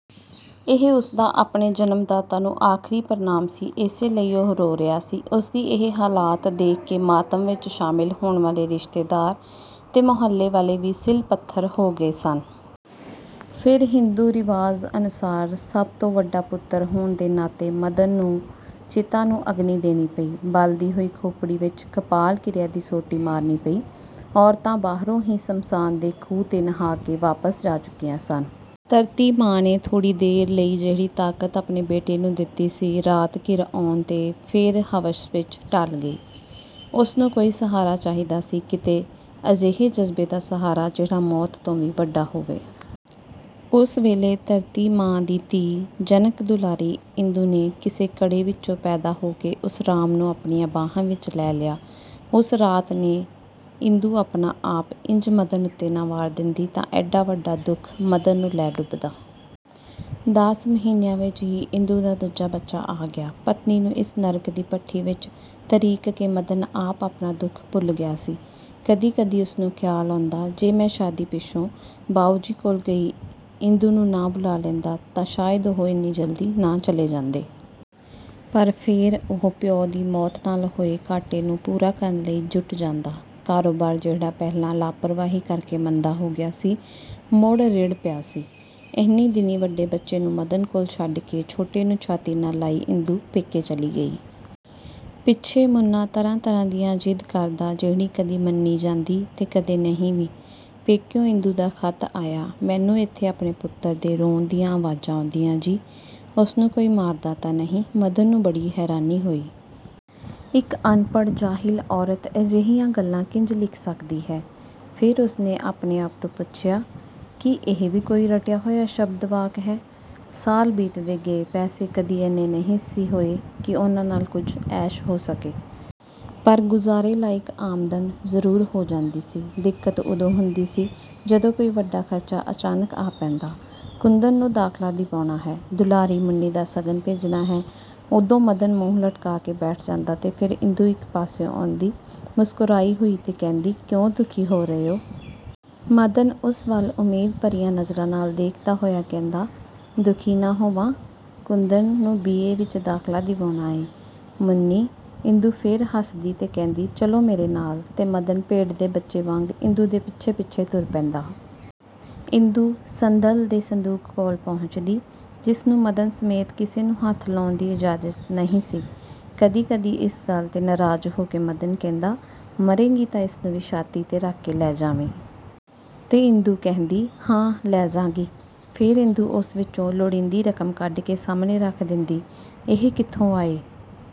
ਇਹ ਉਸਦਾ ਆਪਣੇ ਜਨਮ ਦਾਤਾ ਨੂੰ ਆਖ਼ਰੀ ਪ੍ਰਣਾਮ ਸੀ ਇਸੇ ਲਈ ਉਹ ਰੋ ਰਿਹਾ ਸੀ। ਉਸਦੀ ਇਹ ਹਾਲਤ ਦੇਖ ਕੇ ਮਾਤਮ ਵਿਚ ਸ਼ਾਮਿਲ ਹੋਣ ਵਾਲੇ ਰਿਸ਼ਤੇਦਾਰ ਤੇ ਮੁਹੱਲੇ ਵਾਲੇ ਵੀ ਸਿਲ–ਪੱਥਰ ਹੋ ਗਏ ਸਨ। ਫੇਰ ਹਿੰਦੂ ਰਿਵਾਜ਼ ਅਨੁਸਾਰ ਸਭ ਤੋਂ ਵੱਡਾ ਪੁੱਤਰ ਹੋਣ ਦੇ ਨਾਤੇ ਮਦਨ ਨੂੰ ਚਿਤਾ ਨੂੰ ਅੱਗਨੀ ਦੇਣੀ ਪਈ। ਬਲਦੀ ਹੋਈ ਖੋਪੜੀ ਵਿਚ ਕਪਾਲ ਕ੍ਰਿਆ ਦੀ ਸੋਟੀ ਮਾਰਨੀ ਪਈ… ਔਰਤਾਂ ਬਾਹਰੋਂ ਹੀ ਸ਼ਮਸ਼ਾਨ ਦੇ ਖੂਹ 'ਤੇ ਨਹਾਅ ਕੇ ਵਾਪਸ ਜਾ ਚੁੱਕੀਆਂ ਸਨ। ਧਰਤੀ ਮਾਂ ਨੇ ਥੋੜ੍ਹੀ ਦੇਰ ਲਈ ਜਿਹੜੀ ਤਾਕਤ ਆਪਣੇ ਬੇਟੇ ਨੂੰ ਦਿਤੀ ਸੀ, ਰਾਤ ਘਿਰ ਆਉਣ ਤੇ ਫੇਰ ਹਵਸ ਵਿਚ ਢਲ ਗਈ… ਉਸਨੂੰ ਕੋਈ ਸਹਾਰਾ ਚਾਹੀਦਾ ਸੀ। ਕਿਸੇ ਅਜਿਹੇ ਜਜ਼ਬੇ ਦਾ ਸਹਾਰਾ, ਜਿਹੜਾ ਮੌਤ ਤੋਂ ਵੀ ਵੱਡਾ ਹੋਵੇ। ਉਸ ਵੇਲੇ ਧਰਤੀ ਮਾਂ ਦੀ ਧੀ, ਜਨਕ ਦੁਲਾਰੀ ਇੰਦੂ ਨੇ ਕਿਸੇ ਘੜੇ ਵਿਚੋਂ ਪੈਦਾ ਹੋ ਕੇ ਉਸ ਰਾਮ ਨੂੰ ਆਪਣੀਆਂ ਬਾਹਾਂ ਵਿਚ ਲੈ ਲਿਆ… ਉਸ ਰਾਤ ਜੇ ਇੰਦੂ ਆਪਣਾ ਆਪਾ ਇੰਜ ਮਦਨ ਉੱਤੇ ਨਾ ਵਾਰ ਦਿੰਦੀ ਤਾਂ ਏਡਾ ਵੱਡਾ ਦੁੱਖ ਮਦਨ ਨੂੰ ਲੈ ਡੁੱਬਦਾ। ਦਸ ਮਹੀਨਿਆਂ ਵਿਚ ਹੀ ਇੰਦੂ ਦਾ ਦੂਜਾ ਬੱਚਾ ਆ ਗਿਆ। ਪਤਨੀ ਨੂੰ ਇਸ ਨਰਕ ਦੀ ਭੱਠੀ ਵਿਚ ਧਰੀਕ ਕੇ ਮਦਨ ਆਪ ਆਪਣਾ ਦੁੱਖ ਭੁੱਲ ਗਿਆ ਸੀ। ਕਦੀ ਕਦੀ ਉਸਨੂੰ ਖ਼ਿਆਲ ਆਉਂਦਾ, ਜੇ ਮੈਂ ਸ਼ਾਦੀ ਪਿੱਛੋਂ ਬਾਊਜੀ ਕੋਲ ਗਈ ਇੰਦੂ ਨੂੰ ਨਾ ਬੁਲਾਅ ਲੈਂਦਾ ਤਾਂ ਸ਼ਾਇਦ ਉਹ ਏਨੀ ਜਲਦੀ ਨਾ ਚਲੇ ਜਾਂਦੇ। ਪਰ ਫੇਰ ਉਹ ਪਿਓ ਦੀ ਮੌਤ ਨਾਲ ਹੋਏ ਘਾਟੇ ਨੂੰ ਪੂਰਾ ਕਰਨ ਵਿਚ ਜੁਟ ਜਾਂਦਾ… ਕਾਰੋਬਾਰ, ਜਿਹੜਾ ਪਹਿਲਾਂ ਲਾਪ੍ਰਵਾਹੀ ਕਰਕੇ ਮੰਦਾ ਹੋ ਗਿਆ ਸੀ, ਮੁੜ ਰਿੜ੍ਹ ਪਿਆ ਸੀ। ਇਹਨੀਂ ਦਿਨੀ ਵੱਡੇ ਬੱਚੇ ਨੂੰ ਮਦਨ ਕੋਲ ਛੱਡ ਕੇ, ਛੋਟੇ ਨੂੰ ਛਾਤੀ ਨਾਲ ਲਾਈ ਇੰਦੂ ਪੇਕੇ ਚਲੀ ਗਈ। ਪਿੱਛੇ ਮੁੰਨਾਂ ਤਰ੍ਹਾਂ–ਤਰ੍ਹਾਂ ਦੀ ਜ਼ਿਦ ਕਰਦਾ, ਜਿਹੜੀ ਕਦੀ ਮੰਨੀ ਜਾਂਦੀ ਸੀ ਤੇ ਕਦੀ ਨਹੀਂ ਵੀ। ਪੇਕਿਓਂ ਇੰਦੂ ਦਾ ਖ਼ਤ ਆਇਆ- 'ਮੈਨੂੰ ਏਥੇ ਆਪਣੇ ਪੁੱਤਰ ਦੇ ਰੋਣ ਦੀਆਂ ਆਵਾਜ਼ਾਂ ਆਉਂਦੀਐਂ ਜੀ, ਉਸਨੂੰ ਕੋਈ ਮਾਰਦਾ ਤਾਂ ਨਹੀਂ… ' ਮਦਨ ਨੂੰ ਬੜੀ ਹੈਰਾਨੀ ਹੋਈ। ਇਕ ਅਣਪੜ੍ਹ, ਜਾਹਿਲ ਔਰਤ ਅਜਿਹੀਆਂ ਗੱਲ ਕਿੰਜ ਲਿਖ ਸਕਦੀ ਹੈ? ਫੇਰ ਉਸਨੇ ਆਪਣੇ ਆਪ ਤੋਂ ਪੁੱਛਿਆ-'ਕੀ ਇਹ ਵੀ ਕੋਈ ਰਟਿਆ ਹੋਇਆ ਸ਼ਬਦ–ਵਾਕ ਹੈ? ' ਸਾਲ ਬੀਤਦੇ ਗਏ। ਪੈਸੇ ਕਦੀ ਏਨੇ ਨਹੀਂ ਸੀ ਹੋਏ ਕਿ ਉਹਨਾਂ ਨਾਲ ਕੁਝ ਐਸ਼ ਹੋ ਸਕੇ। ਪਰ ਗੁਜਾਰੇ ਲਾਇਕ ਆਮਦਨ ਜ਼ਰੂਰ ਹੋ ਜਾਂਦੀ ਸੀ। ਦਿੱਕਤ ਉਦੋਂ ਹੁੰਦੀ ਜਦੋਂ ਕੋਈ ਵੱਡਾ ਖ਼ਰਚਾ ਅਚਾਨਕ ਆ ਪੈਂਦਾ… ਕੁੰਦਨ ਨੂੰ ਦਾਖ਼ਲਾ ਦਿਵਾਉਣਾ ਹੈ, ਦੁਲਾਰੀ ਮੁੰਨੀ ਦਾ ਸ਼ਗਨ ਭੇਜਣਾ ਹੈ। ਉਦੋਂ ਮਦਨ ਮੂੰਹ ਲਟਕਾਅ ਕੇ ਬੈਠ ਜਾਂਦਾ ਤੇ ਫੇਰ ਇੰਦੂ ਇਕ ਪਾਸਿਓਂ ਆਉਂਦੀ ਮੁਸਕਰਾਉਂਦੀ ਹੋਈ ਤੇ ਕਹਿੰਦੀ, "ਕਿਉਂ ਦੁਖੀ ਹੋ ਰਹੇ ਓ? " ਮਦਨ ਉਸ ਵੱਲ ਉਮੀਦ ਭਰੀਆਂ ਨਜ਼ਰਾਂ ਨਾਲ ਦੇਖਦਾ ਹੋਇਆ ਕਹਿੰਦਾ, "ਦੁਖੀ ਨਾ ਹੋਵਾਂ? ਕੁੰਦਨ ਨੂੰ ਬੀ. ਏ. ਵਿਚ ਦਾਖਲਾ ਦਿਵਾਉਣਾ ਏਂ… ਮੁੰਨੀ… " ਇੰਦੂ ਫੇਰ ਹੱਸਦੀ ਤੇ ਕਹਿੰਦੀ, "ਚੱਲੋ ਮੇਰੇ ਨਾਲ। " ਤੇ ਮਦਨ ਭੇਡ ਦੇ ਬੱਚੇ ਵਾਂਗ ਇੰਦੂ ਦੇ ਪਿੱਛੇ–ਪਿੱਛੇ ਤੁਰ ਪੈਂਦਾ। ਇਦੂ ਸੰਦਲ ਦੇ ਸੰਦੂਕ ਕੋਲ ਪਹੁੰਚਦੀ, ਜਿਸਨੂੰ ਮਦਨ ਸਮੇਤ ਕਿਸੇ ਨੂੰ ਹੱਥ ਲਾਉਣ ਦੀ ਇਜਾਜ਼ਤ ਨਹੀਂ ਸੀ। ਕਦੀ ਕਦੀ ਇਸ ਗੱਲ 'ਤੇ ਨਾਰਾਜ਼ ਹੋ ਕੇ ਮਦਨ ਕਹਿੰਦਾ-"ਮਰੇਂਗੀ ਤਾਂ ਇਸ ਨੂੰ ਵੀ ਛਾਤੀ 'ਤੇ ਰੱਖ ਕੇ ਲੈ ਜਾਵੀਂ। " ਤੇ ਇੰਦੂ ਕਹਿੰਦੀ-"ਹਾਂ ਲੈ ਜਾਂ–ਗੀ। " ਫੇਰ ਇੰਦੂ ਉਸ ਵਿਚੋਂ ਲੋੜੀਂਦੀ ਰਕਮ ਕੱਢ ਕੇ ਸਾਹਮਣੇ ਰੱਖ ਦੇਂਦੀ। "ਇਹ ਕਿੱਥੋਂ ਆਏ?